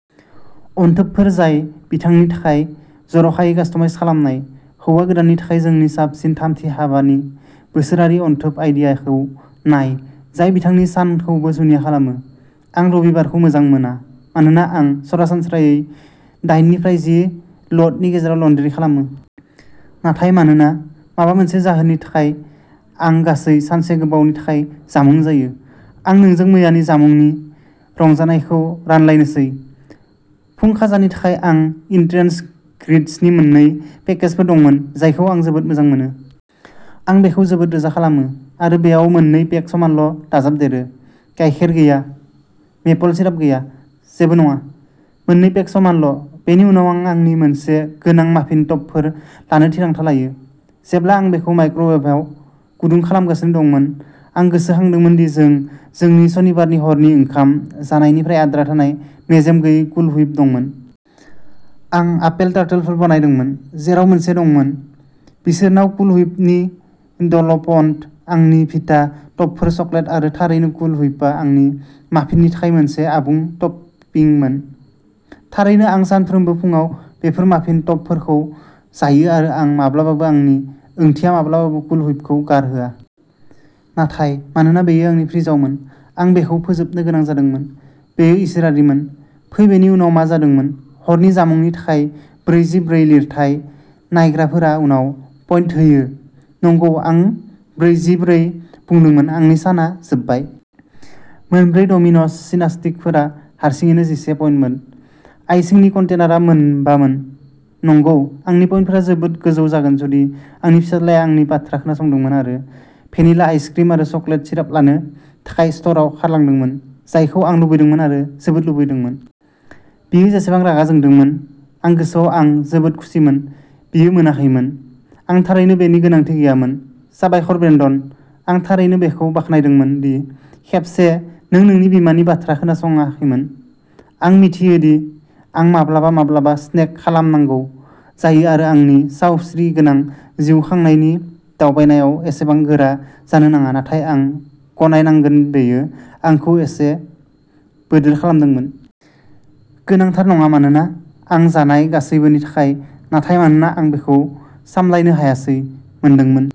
अनथोबफोर जाय बिथांनि थाखाय जर'खायै कास्टमाइज खालामनाय। हौवा गोदाननि थाखाय जोंनि साबसिन थामथि हाबानि बोसोरारि अनथोब आइडियाखौ नाय जाय बिथांनि सानखौबो जुनिया खालामो। आं रबिबारखौ मोजां मोना। मानोना आं सरासनस्रायै दाइननिफ्राय जि ल'डनि गेजेराव लन्ड्रि खालामो। नाथाय मानोना माबा मोनसे जाहोननि थाखाय आं गासै सानसे गोबावनि थाखाय जामुं जायो। आं नोंजों मैयानि जामुंनि रंजानायखौ रानलायनोसै। फुं खाजानि थाखाय आं इन्स्टेन्ट ग्रिट्सनि मोन्नै पेकेजफोर दंमोन जायखौ आं जोबोद मोजां मोनो। आं बेखौ जोबोद रोजा खालामो आरो बेयाव मोननै पेक समानल' दाजाबदेरो। गाइखेर गैया। मेपल सिराप गैया। जेबो नङा। मोननै पेक समानल'। बेनि उनाव आं आंनि मोनसे गोनां माफिन टपफोर लानो थिरांथा लायो। जेब्ला आं बेखौ माइक्र'वेभआव गुदुं खालामगासिनो दंमोन आं गोसोखांदोंमोन दि जों जोंनि सनिबारनि हरनि ओंखाम जानायनिफ्राय आद्रा थानाय मेजेम गैयै कुल व्हिप दंमोन। आं आपेल टार्टलेटफोर बानायदोंमोन जेराव मोनसे दंमोन। बिसोरनाव कुल व्हिपनि द'ल'प दं। आंनि भिटा टपफोरा चकलेट आरो थारैनो कुल व्हिपआ आंनि माफिननि थाखाय मोनसे आबुं टपिंमोन। थारैनो आं सानफ्रोमबो फुंआव बेफोर माफिन टपफोरखौ जायो आरो आं माब्लाबाबो आंनि ओंथिया माब्लाबाबो कुल व्हिपखौ गारहोया। नाथाय मानोना बेयो आंनि फ्रिजआवमोन आं बेखौ फोजोबनो गोनां जादोंमोन। बेयो इसोरारिमोन। फै बेनि उनाव मा जादोंमोन। हरनि जामुंनि थाखाय ब्रैजि ब्रै लिरथाय नायग्राफोरा उनाव पइन्ट होयो नंगौ आं बैजिब्रै बुंदोंमोन आंनि साना जोबबाय। मोनब्रै डमिन'स सिनास्टिकफोरा हारसिङैनो जिसे पइन्टमोन। आइसिंनि कन्टेनारआ मोनबामोन। नंगौ आंनि पइन्टफोरा जोबोद गोजौ जागोन जुदि आंनि फिसाज्लाया आंनि बाथ्रा खोनासंदोंमोन आरो भेनिला आइसक्रिम आरो चकलेट सिराप लानो थाखाय स्ट'रआव खारलांदोंमोन जायखौ आं लुबैदोंमोन आरो जोबोद लुबैदोंमोन। बियो जेसेबां रागा जोंदोंमोन आं गोसोआव आं जोबोद खुसिमोन बियो मोनाखैमोन। आं थारैनो बेनि गोनांथि गैयामोन। साबायखर ब्रेन्डन आं थारैनो बेखौ बाखनायदोंमोन दि खेबसे नों नोंनि बिमानि बाथ्रा खोनासङाखैमोन। आं मिथियो दि आं माब्लाबा माब्लाबा स्नेक खालामनांगौ जायो आरो आंनि सावस्रिगोनां जिउ खांनायनि दावबायनायाव एसेबां गोरा जानो नाङा नाथाय आं गनायनांगोन बेयो आंखौ एसे बोदोर खालामदोंमोन। गोनांथार नङा मानोना आं जानाय गासैबोनि थाखाय नाथाय मानोना आं बेखौ सामलायनो हायासै मोनदोंमोन।